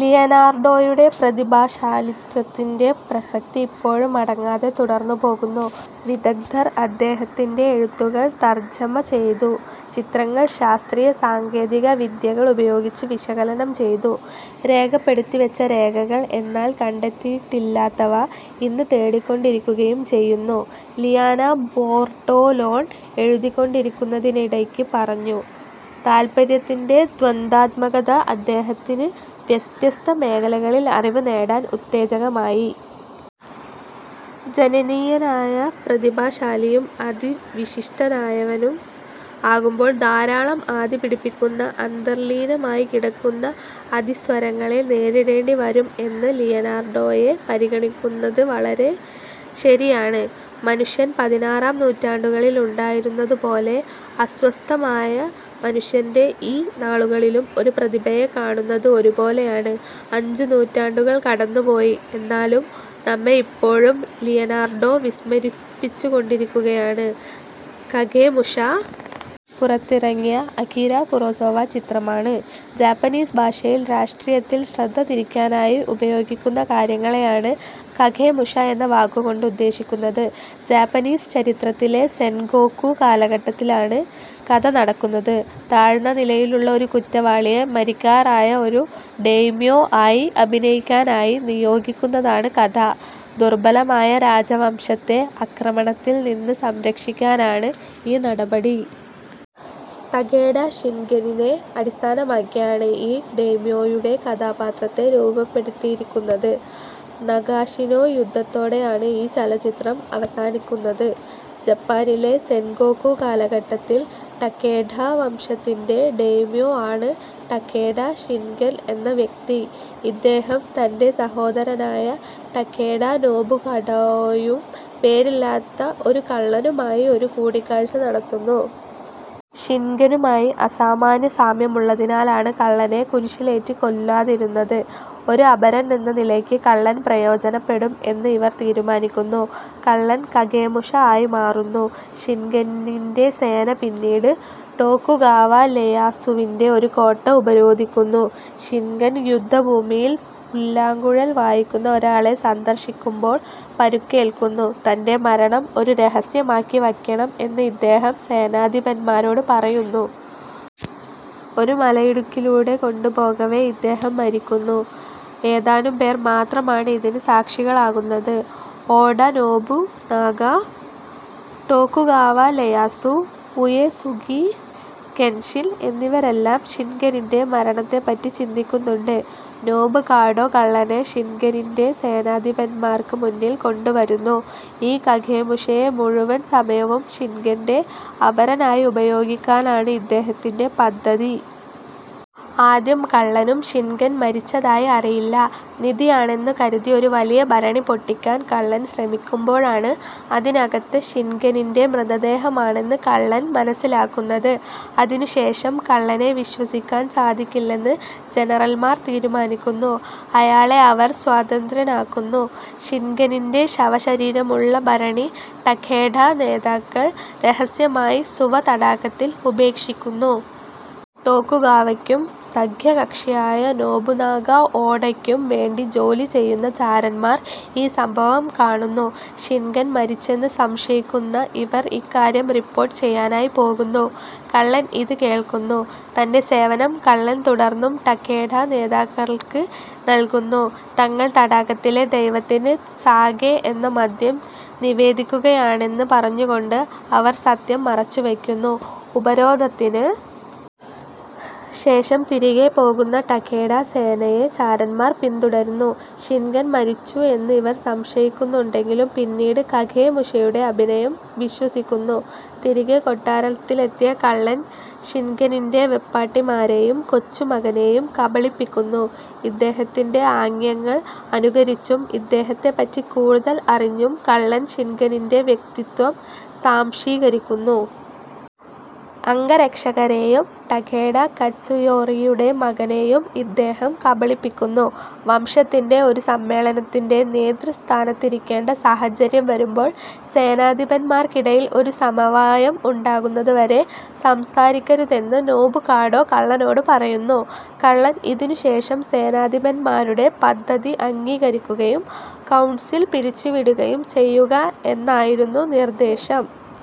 ലിയനാർഡോയുടെ പ്രതിഭാശാലിത്വത്തിൻ്റെ പ്രസക്തി ഇപ്പോഴും അടങ്ങാതെ തുടർന്നുപോകുന്നു. വിദഗ്ദ്ധർ അദ്ദേഹത്തിൻ്റെ എഴുത്തുകൾ തർജ്ജമ ചെയ്തു, ചിത്രങ്ങൾ ശാസ്ത്രീയ സാങ്കേതിക വിദ്യകൾ ഉപയോഗിച്ച് വിശകലനം ചെയ്തു. രേഖപ്പെടുത്തിവച്ച രേഖകൾ, എന്നാൽ കണ്ടെത്തിയിട്ടില്ലാത്തവ, ഇന്ന് തേടിക്കൊണ്ടിരിക്കുകയും ചെയ്യുന്നു. ലിയാനാ ബോർട്ടോലോൺ എഴുതിക്കൊണ്ടിരിക്കുന്നതിനിടയ്ക്ക് പറഞ്ഞു. താത്പര്യത്തിൻ്റെ ദ്വന്ദ്വാത്മകത അദ്ദേഹത്തിന് വ്യത്യസ്ത മേഖലകളിൽ അറിവ് നേടാൻ ഉത്തേജകമായി. ജനനീയനായ പ്രതിഭാശാലിയും അതിവിശിഷ്ടനായവനും ആകുമ്പോൾ ധാരാളം ആധിപിടിപ്പിക്കുന്ന, അന്തർലീനമായി കിടക്കുന്ന അതിസ്വരങ്ങളെ നേരിടേണ്ടി വരും എന്ന് ലിയനാർഡോയെ പരിഗണിക്കുന്നത് വളരെ ശരിയാണ്. മനുഷ്യൻ പതിനാറാം നൂറ്റാണ്ടുകളിൽ ഉണ്ടായിരുന്നതുപോലെ, അസ്വസ്ഥമായ മനുഷ്യൻ്റെ ഈ നാളുകളിലും ഒരു പ്രതിഭയെ കാണുന്നത് ഒരുപോലെയാണ്. അഞ്ച് നൂറ്റാണ്ടുകൾ കടന്നുപോയി, എന്നാലും നമ്മെയിപ്പോഴും ലിയനാർഡോ വിസ്മരിപ്പിച്ചുകൊണ്ടിരിക്കുകയാണ് .കഗേമുഷ പുറത്തിറങ്ങിയ അകിര കുറോസാവ ചിത്രമാണ്. ജാപ്പനീസ് ഭാഷയിൽ രാഷ്ട്രീയത്തിൽ ശ്രദ്ധതിരിക്കാനായി ഉപയോഗിക്കുന്ന കാര്യങ്ങളെയാണ് കഗേമുഷ എന്ന വാക്കുകൊണ്ടുദ്ദേശിക്കുന്നത്. ജാപ്പനീസ് ചരിത്രത്തിലെ സെൻഗോക്കു കാലഘട്ടത്തിലാണ് കഥ നടക്കുന്നത്. താഴ്ന്ന നിലയിലുള്ള ഒരു കുറ്റവാളിയെ മരിക്കാറായ ഒരു ഡേയ്മ്യോ ആയി അഭിനയിക്കാനായി നിയോഗിക്കുന്നതാണ് കഥ. ദുർബലമായ രാജവംശത്തെ ആക്രമണത്തിൽ നിന്ന് സംരക്ഷിക്കാനാണ് ഈ നടപടി. തകേഡ ഷിൻഗെനിനെ അടിസ്ഥാനമാക്കിയാണ് ഈ ഡേയ്മ്യോയുടെ കഥാപാത്രത്തെ രൂപപ്പെടുത്തിയിരിക്കുന്നത്. നഗാഷിനോ യുദ്ധത്തോടെയാണ് ഈ ചലച്ചിത്രം അവസാനിക്കുന്നത്. ജപ്പാനിലെ സെൻഗോക്കു കാലഘട്ടത്തിൽ ടകേഡ വംശത്തിൻ്റെ ഡേയ്മ്യോ ആണ് ടകേഡ ഷിൻഗെൻ എന്ന വ്യക്തി. ഇദ്ദേഹം തൻ്റെ സഹോദരനായ ടകേഡ നോബുകാഡോയും പേരില്ലാത്ത ഒരു കള്ളനുമായി ഒരു കൂടിക്കാഴ്ച നടത്തുന്നു. ഷിൻഗെനുമായി അസാമാന്യ സാമ്യമുള്ളതിനാലാണ് കള്ളനെ കുരിശിലേറ്റി കൊല്ലാതിരുന്നത്. ഒരു അപരൻ എന്ന നിലയ്ക്ക് കള്ളൻ പ്രയോജനപ്പെടും എന്ന് ഇവർ തീരുമാനിക്കുന്നു. കള്ളൻ കഗേമുഷ ആയിമാറുന്നു. ഷിൻഗെന്നിൻ്റെ സേന പിന്നീട് ടോകുഗാവ ലെയാസുവിൻ്റെ ഒരു കോട്ട ഉപരോധിക്കുന്നു. ഷിൻഗെൻ യുദ്ധഭൂമിയിൽ പുല്ലാങ്കുഴൽ വായിക്കുന്ന ഒരാളെ സന്ദർശിക്കുമ്പോൾ പരിക്കേൽക്കുന്നു. തൻ്റെ മരണം ഒരു രഹസ്യമാക്കി വയ്ക്കണം എന്ന് ഇദ്ദേഹം സേനാധിപന്മാരോട് പറയുന്നു. ഒരു മലയിടുക്കിലൂടെ കൊണ്ടുപോകവേ ഇദ്ദേഹം മരിക്കുന്നു. ഏതാനും പേർ മാത്രമാണ് ഇതിന് സാക്ഷികളാകുന്നത്. Oda Nobunaga, Tokugawa Ieyasu, Uesugi Kenshin എന്നിവരെല്ലാം ഷിൻഗെനിൻ്റെ മരണത്തെപ്പറ്റി ചിന്തിക്കുന്നുണ്ട്. നൊബുകാഡോ കള്ളനെ ഷിൻഗെനിൻ്റെ സേനാധിപന്മാർക്ക് മുന്നിൽ കൊണ്ടുവരുന്നു. ഈ കഗേമുഷയെ മുഴുവൻ സമയവും ഷിൻഗെൻ്റെ അപരനായി ഉപയോഗിക്കാനാണ് ഇദ്ദേഹത്തിൻ്റെ പദ്ധതി. ആദ്യം കള്ളനും ഷിൻഗെൻ മരിച്ചതായി അറിയില്ല. നിധിയാണെന്ന് കരുതി ഒരു വലിയ ഭരണി പൊട്ടിക്കാൻ കള്ളൻ ശ്രമിക്കുമ്പോഴാണ് അതിനകത്ത് ഷിൻഗെനിൻ്റെ മൃതദേഹമാണെന്ന് കള്ളൻ മനസ്സിലാക്കുന്നത്. ഇതിനുശേഷം കള്ളനെ വിശ്വസിക്കാൻ സാധിക്കില്ലെന്ന് ജനറൽമാർ തീരുമാനിക്കുന്നു. അയാളെ അവർ സ്വതന്ത്രനാക്കുന്നു. ഷിൻഗെനിൻ്റെ ശവശരീരമുള്ള ഭരണി ടകേഡ നേതാക്കൾ രഹസ്യമായി സുവ തടാകത്തിൽ ഉപേക്ഷിക്കുന്നു. ടോകുഗാവയ്ക്കും സഖ്യകക്ഷിയായ നോബുനാഗ ഓഡയ്ക്കും വേണ്ടി ജോലി ചെയ്യുന്ന ചാരന്മാർ ഈ സംഭവം കാണുന്നു. ഷിൻഗെൻ മരിച്ചെന്ന് സംശയിക്കുന്ന ഇവർ ഇക്കാര്യം റിപ്പോർട്ട് ചെയ്യാനായി പോകുന്നു. കള്ളൻ ഇത് കേൾക്കുന്നു. തൻ്റെ സേവനം കള്ളൻ തുടർന്നും ടകേഡ നേതാക്കൾക്ക് നൽകുന്നു. തങ്ങൾ തടാകത്തിലെ ദൈവത്തിന് സാകെ എന്ന മദ്യം നിവേദിക്കുകയാണെന്ന് പറഞ്ഞുകൊണ്ട് അവർ സത്യം മറച്ചുവയ്ക്കുന്നു. ഉപരോധത്തിന് ശേഷം തിരികെ പോകുന്ന ടകേഡ സേനയെ ചാരന്മാർ പിന്തുടരുന്നു. ഷിൻഗെൻ മരിച്ചു എന്ന് ഇവർ സംശയിക്കുന്നുണ്ടെങ്കിലും പിന്നീട് കഗേമുഷയുടെ അഭിനയം വിശ്വസിക്കുന്നു. തിരികെ കൊട്ടാരത്തിലെത്തിയ കള്ളൻ ഷിൻഗെനിൻ്റെ വെപ്പാട്ടിമാരെയും കൊച്ചുമകനെയും കബളിപ്പിക്കുന്നു. ഇദ്ദേഹത്തിൻ്റെ ആംഗ്യങ്ങൾ അനുകരിച്ചും ഇദ്ദേഹത്തെപ്പറ്റി കൂടുതൽ അറിഞ്ഞും കള്ളൻ ഷിൻഗെനിൻ്റെ വ്യക്തിത്വം സ്വാംശീകരിക്കുന്നു. അംഗരക്ഷകരെയും ടകേഡ കറ്റ്സുയോറിയുടെ മകനെയും ഇദ്ദേഹം കബളിപ്പിക്കുന്നു. വംശത്തിൻ്റെ ഒരു സമ്മേളനത്തിൻ്റെ നേതൃസ്ഥാനത്തിരിക്കേണ്ട സാഹചര്യം വരുമ്പോൾ സേനാധിപന്മാർക്കിടയിൽ ഒരു സമവായം ഉണ്ടാകുന്നതുവരെ സംസാരിക്കരുതെന്ന് നോബുകാഡോ കള്ളനോട് പറയുന്നു. കള്ളൻ ഇതിനുശേഷം സേനാധിപന്മാരുടെ പദ്ധതി അംഗീകരിക്കുകയും കൗൺസിൽ പിരിച്ചുവിടുകയും ചെയ്യുക എന്നായിരുന്നു നിർദ്ദേശം.